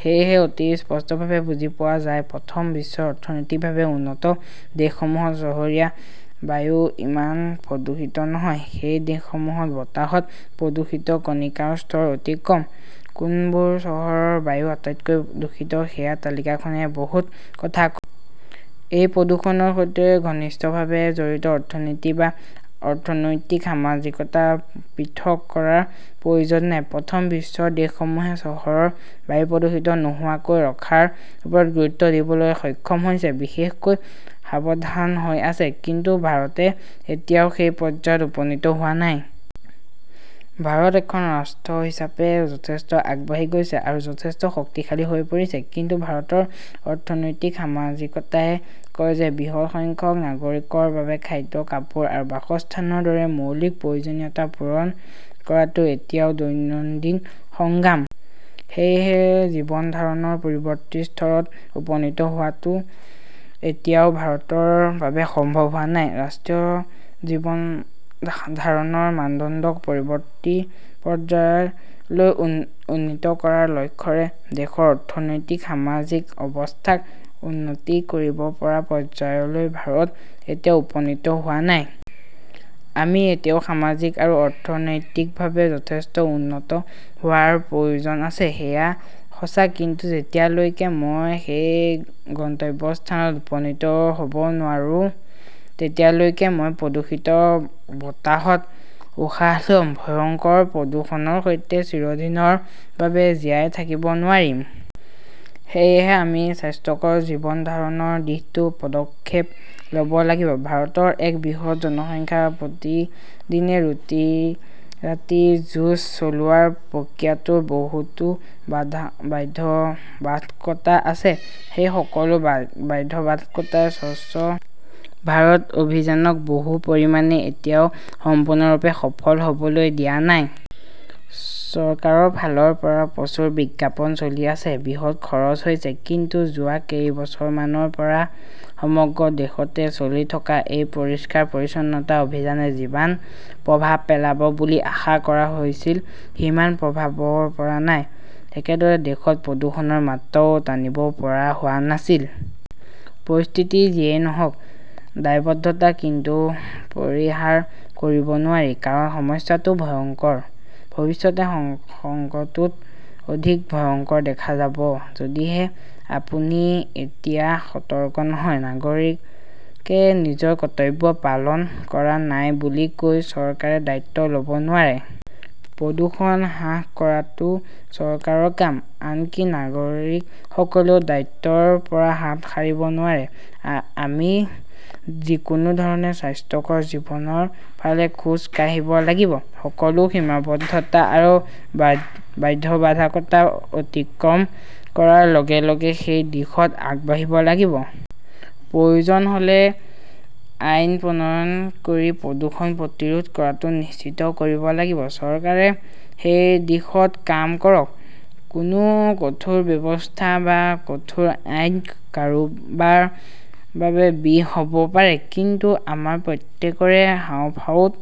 সেয়েহে অতি স্পষ্টভাৱে বুজি পোৱা যায়, প্ৰথম বিশ্বৰ অৰ্থনৈতিকভাৱে উন্নত দেশসমূহত চহৰীয়া বায়ু ইমান প্ৰদূষিত নহয়। সেই দেশসমূহত বতাহত প্ৰদূষিত কণিকাৰ স্তৰ অতি কম। কোনবোৰ চহৰৰ বায়ু আটাইতকৈ দূষিত, সেয়া তালিকাখনে বহুত কথা এই প্ৰদূষণৰ সৈতে ঘনিষ্ঠভাৱে জড়িত অৰ্থনীতি বা অৰ্থনৈতিক-সামাজিকতা পৃথক কৰাৰ প্ৰয়োজন নাই। প্ৰথম বিশ্বৰ দেশসমূহে চহৰৰ বায়ু প্ৰদূষিত নোহোৱাকৈ ৰখাৰ ওপৰত গুৰুত্ব দিবলৈ সক্ষম হৈছে, বিশেষকৈ সাৱধান হৈ আছে। কিন্তু ভাৰতে এতিয়াও সেই পৰ্যায়ত উপনীত হোৱা নাই। ভাৰত এখন ৰাষ্ট্ৰ হিচাপে যথেষ্ট আগবাঢ়ি গৈছে আৰু যথেষ্ট শক্তিশালী হৈ পৰিছে। কিন্তু ভাৰতৰ অৰ্থনৈতিক-সামাজিকতাই কয় যে, বৃহৎ সংখ্যক নাগৰিকৰ বাবে খাদ্য, কাপোৰ আৰু বাসস্থানৰ দৰে মৌলিক প্ৰয়োজনীয়তা পূৰণ কৰাটো এতিয়াও দৈনন্দিন সংগ্ৰাম। সেয়েহে জীৱন ধাৰণৰ পৰিৱৰ্তী স্তৰত উপনীত হোৱাটো এতিয়াও ভাৰতৰ বাবে সম্ভৱ হোৱা নাই। ৰাষ্ট্ৰীয় জীৱন ধাৰণৰ মানদণ্ডক পৰৱৰ্তী পৰ্যায়লৈ উ উন্নীত কৰাৰ লক্ষ্যৰে দেশৰ অৰ্থনৈতিক-সামাজিক অৱস্থাক উন্নতি কৰিব পৰা পৰ্যায়লৈ ভাৰত এতিয়াও উপনীত হোৱা নাই। আমি এতিয়াও সামাজিক আৰু অৰ্থনৈতিকভাৱে যথেষ্ট উন্নত হোৱাৰ প্ৰয়োজন আছে, সেয়া সঁচা। কিন্তু যেতিয়ালৈকে মই সেই গন্তব্যস্থানত উপনীত হ'ব নোৱাৰোঁ, তেতিয়ালৈকে মই প্ৰদূষিত বতাহত উশাহ লম। ভয়ংকৰ প্ৰদূষণৰ সৈতে চিৰদিনৰ বাবে জীয়াই থাকিব নোৱাৰিম। সেয়েহে আমি স্বাস্থ্যকৰ জীৱন ধাৰণৰ দিশতো পদক্ষেপ ল'ব লাগিব। ভাৰতৰ এক বৃহৎ জনসংখ্যা প্ৰতিদিনে ৰুটি-ৰাতিৰ যুঁজ চলোৱাৰ প্ৰক্ৰিয়াটোৰ বহুতো বাধা বাধ্যবাধকতা আছে। সেই সকলো বাধবাধকতাই স্বচ্ছ ভাৰত অভিযানক বহু পৰিমাণে এতিয়াও সম্পূৰ্ণৰূপে সফল হ'বলৈ দিয়া নাই। চৰকাৰৰ ফালৰ পৰা প্ৰচুৰ বিজ্ঞাপন চলি আছে, বৃহৎ খৰচ হৈছে, কিন্তু যোৱা কেইবছৰমানৰ পৰা সমগ্ৰ দেশতে চলি থকা এই পৰিষ্কাৰ-পৰিচ্ছন্নতা অভিযানে যিমান প্ৰভাৱ পেলাব বুলি আশা কৰা হৈছিল, সিমান প্ৰভাৱ পৰা নাই। একেদৰে, দেশত প্ৰদূষণৰ মাত্ৰাও টানিব পৰা হোৱা নাছিল। পৰিস্থিতি যিয়েই নহওঁক, দায়বদ্ধতা কিন্তু পৰিহাৰ কৰিব নোৱাৰি। কাৰণ সমস্যাটো ভয়ংকৰ। ভৱিষ্যতে সং সংকটটো অধিক ভয়ংকৰ দেখা যাব, যদিহে আপুনি এতিয়া সতৰ্ক নহয়। নাগৰিকে নিজৰ কৰ্তব্য পালন কৰা নাই বুলি কৈ চৰকাৰে দায়িত্ব ল'ব নোৱাৰে। প্ৰদূষণ হ্ৰাস কৰাটো চৰকাৰৰ কাম, আনকি নাগৰিকসকলেও দায়িত্বৰ পৰা হাত সাৰিব নোৱাৰে। আমি যিকোনো ধৰণে স্বাস্থ্যকৰ জীৱনৰ ফালে খোজ কাঢ়িব লাগিব। সকলো সীমাবদ্ধতা আৰু বাধ্যবাধকতা অতিক্ৰম কৰাৰ লগে লগে সেই দিশত আগবাঢ়িব লাগিব। প্ৰয়োজন হ'লে আইন প্ৰণয়ন কৰি প্ৰদূষণ প্ৰতিৰোধ কৰাটো নিশ্চিত কৰিব লাগিব। চৰকাৰে সেই দিশত কাম কৰক। কোনো কঠোৰ ব্যৱস্থা বা কঠোৰ আইন কাৰোবাৰ বাবে বিষ হ'ব পাৰে। কিন্তু আমাৰ প্ৰত্যেকৰে হাঁওফাঁওত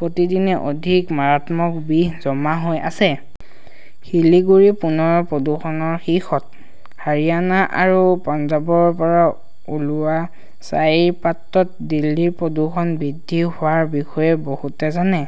প্ৰতিদিনে অধিক মাৰাত্মক বিষ জমা হৈ আছে। শিলিগুৰি পুনৰ প্ৰদূষণৰ শীৰ্ষত । হাৰিয়ানা আৰু পঞ্জাৱৰ পৰা ওলোৱা ছাইৰ পাত্ৰত দিল্লীৰ প্ৰদূষণ বৃদ্ধি হোৱাৰ বিষয়ে বহুতে জানে।